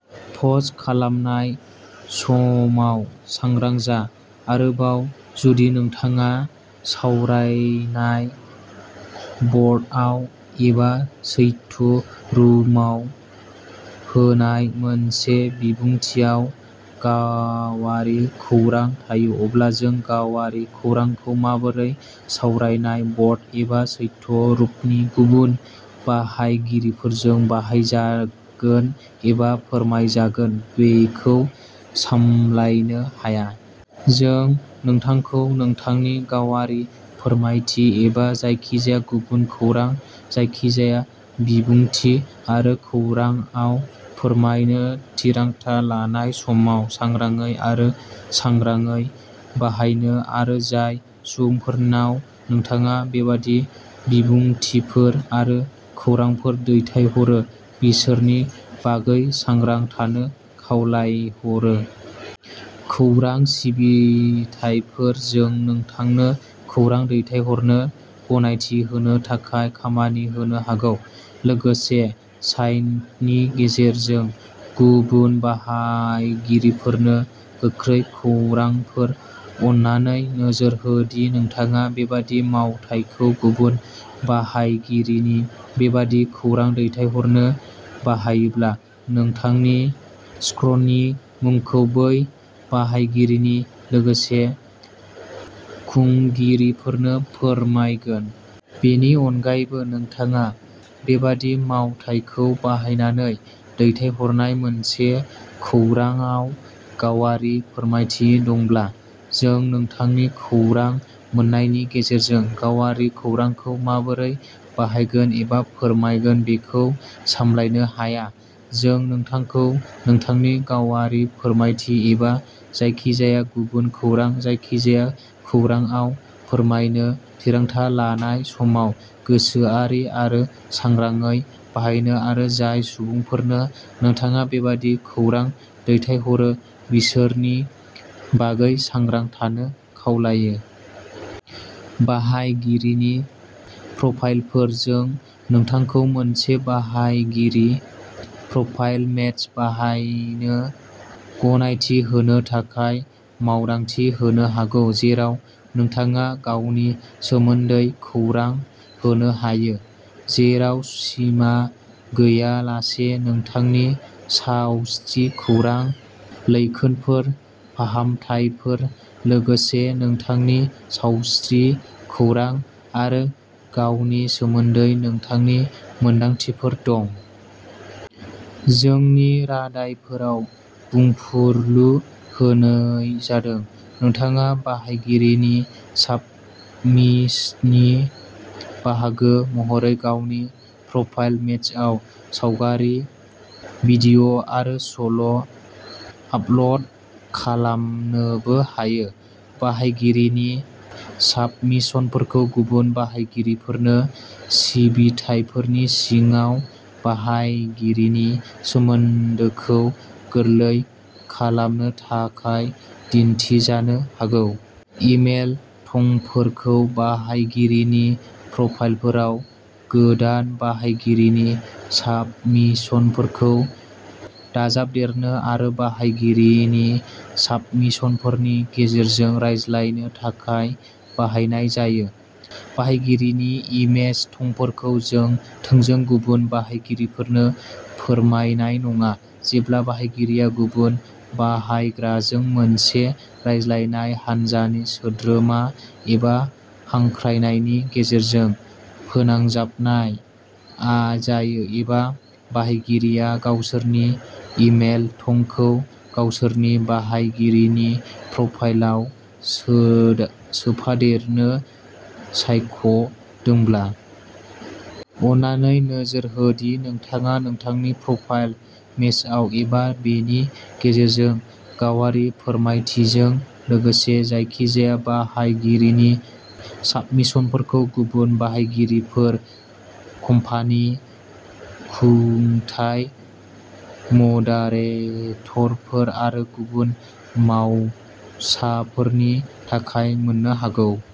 Post खालामनाय समाव सांग्रां जा। आरोबाव, जुदि नोंथाङा सावरायनाय ब'र्डआव एबा चैट रुमाव होनाय मोनसे बिबुंथिआव गावारि खौरां थायो, अब्ला जों गावारि खौरांखौ माबोरै सावरायनाय ब'र्ड एबा चैट रुमनि गुबुन बाहायगिरिफोरजों बाहायजागोन एबा फोरमायजागोन बेखौ सामलायनो हाया। जों नोंथांखौ नोंथांनि गावारि फोरमायथि, एबा जायखिजाया गुबुन खौरां, जायखिजाया बिबुंथि आरो खौरांआव फोरमायनो थिरांथा लानाय समाव सांग्राङै आरो सांग्राङै बाहायनो आरो जाय सुबुंफोरनाव नोंथाङा बेबादि बिबुंथिफोर आरो खौरांफोर दैथायहरो बिसोरनि बागै सांग्रां थानो खावलायहरो। खौरां सिबिथायफोर जों नोंथांनो खौरां दैथायहरनो गनायथि होनो थाखाय खामानि होनो हागौ, लोगोसे साइटनि गेजेरजों गुबुन बाहायगिरिफोरनो गोख्रै खौरांफोर। अन्नानै नोजोर हो दि नोंथाङा बेबादि मावथायखौ गुबुन बाहायगिरिनो बेबादि खौरां दैथायहरनो बाहायोब्ला, नोंथांनि स्क्रननि मुंखौ बै बाहायगिरिनि लोगोसे खुंगिरिफोरनो फोरमायगोन। बेनि अनगायैबो, नोंथाङा बेबादि मावथायखौ बाहायनानै दैथायहरनाय मोनसे खौरांआव गावारि फोरमायथि दंब्ला, जों नोंथांनि खौरां मोन्नायनि गेजेरजों गावारि खौरांखौ माबोरै बाहायगोन एबा फोरमायगोन बेखौ सामलायनो हाया। जों नोंथांखौ नोंथांनि गावारि फोरमायथि, एबा जायखिजाया गुबुन खौरां, जायखिजाया खौरांआव फोरमायनो थिरांथा लानाय समाव गोसोआरि आरो सांग्राङै बाहायनो आरो जाय सुबुंफोरनो नोंथाङा बेबादि खौरां दैथायहरो बिसोरनि बागै सांग्रां थानो खावलायो। बाहायगिरिनि प्रफाइलफोर जों नोंथांखौ मोनसे बाहायगिरि प्रफाइल पेज बानायनो गनायथि होनो थाखाय मावदांथि होनो हागौ जेराव नोंथाङा गावनि सोमोन्दै खौरां होनो हायो, जेराव सिमा गैयालासे, नोंथांनि सावस्रि खौरां, लैखोनफोर, फाहामथायफोर, लोगोसे नोंथांनि सावस्रि खौरां आरो गावनि सोमोन्दै नोंथांनि मोनदांथिफोर दं। जोंनि रादायफोराव बुंफुरलु होनाय जादों। नोंथाङा बाहायगिरिनि साबमिशनि बाहागो महरै गावनि प्रफाइल मेजआव सावगारि, भिडिअ' आरो सल' आपल'ड खालामनोबो हायो। बाहायगिरिनि साबमिशनफोरखौ गुबुन बाहायगिरिफोरनो सिबिथायफोरनि सिङाव बाहायगिरिनि सोमोन्दोखौ गोरलै खालामनो थाखाय दिन्थिजानो हागौ। इमेल थंफोरखौ बाहायगिरिनि प्रफाइलफोराव गोदान बाहायगिरिनि साबमिशनफोरखौ दाजाबदेरनो आरो बाहायगिरिनि साबमिशनफोरनि गेजेरजों रायज्लायनो थाखाय बाहायनाय जायो। बाहायगिरिनि इमेज थंफोरखौ जों थोंजों गुबुन बाहायगिरिफोरनो फोरमायनाय नङा, जेब्ला बाहायगिरिया गुबुन बाहायग्राजों मोनसे राज्लायनाय हान्जानि सोद्रोमा एबा हांख्रायनायनि गेजेरजों "फोनांजाबनाय आ" जायो, एबा बाहायगिरिया गावसोरनि इमेल थंखौ गावसोरनि बाहायगिरिनि प्रफाइलाव सोदेर सोफादेरनो सायख'दोंब्ला। अन्नानै नोजोर हो दि नोंथाङा नोंथांनि प्रफाइल पेजआव एबा बेनि गेजेरजों गावारि फोरमायथिजों लोगोसे जायखिजाया बाहायगिरिनि साबमिशनफोरखौ गुबुन बाहायगिरिफोर, कम्पानि, खुंथाय, मदारेटरफोर आरो गुबुन मावसाफोरनि थाखाय मोननो हागौ।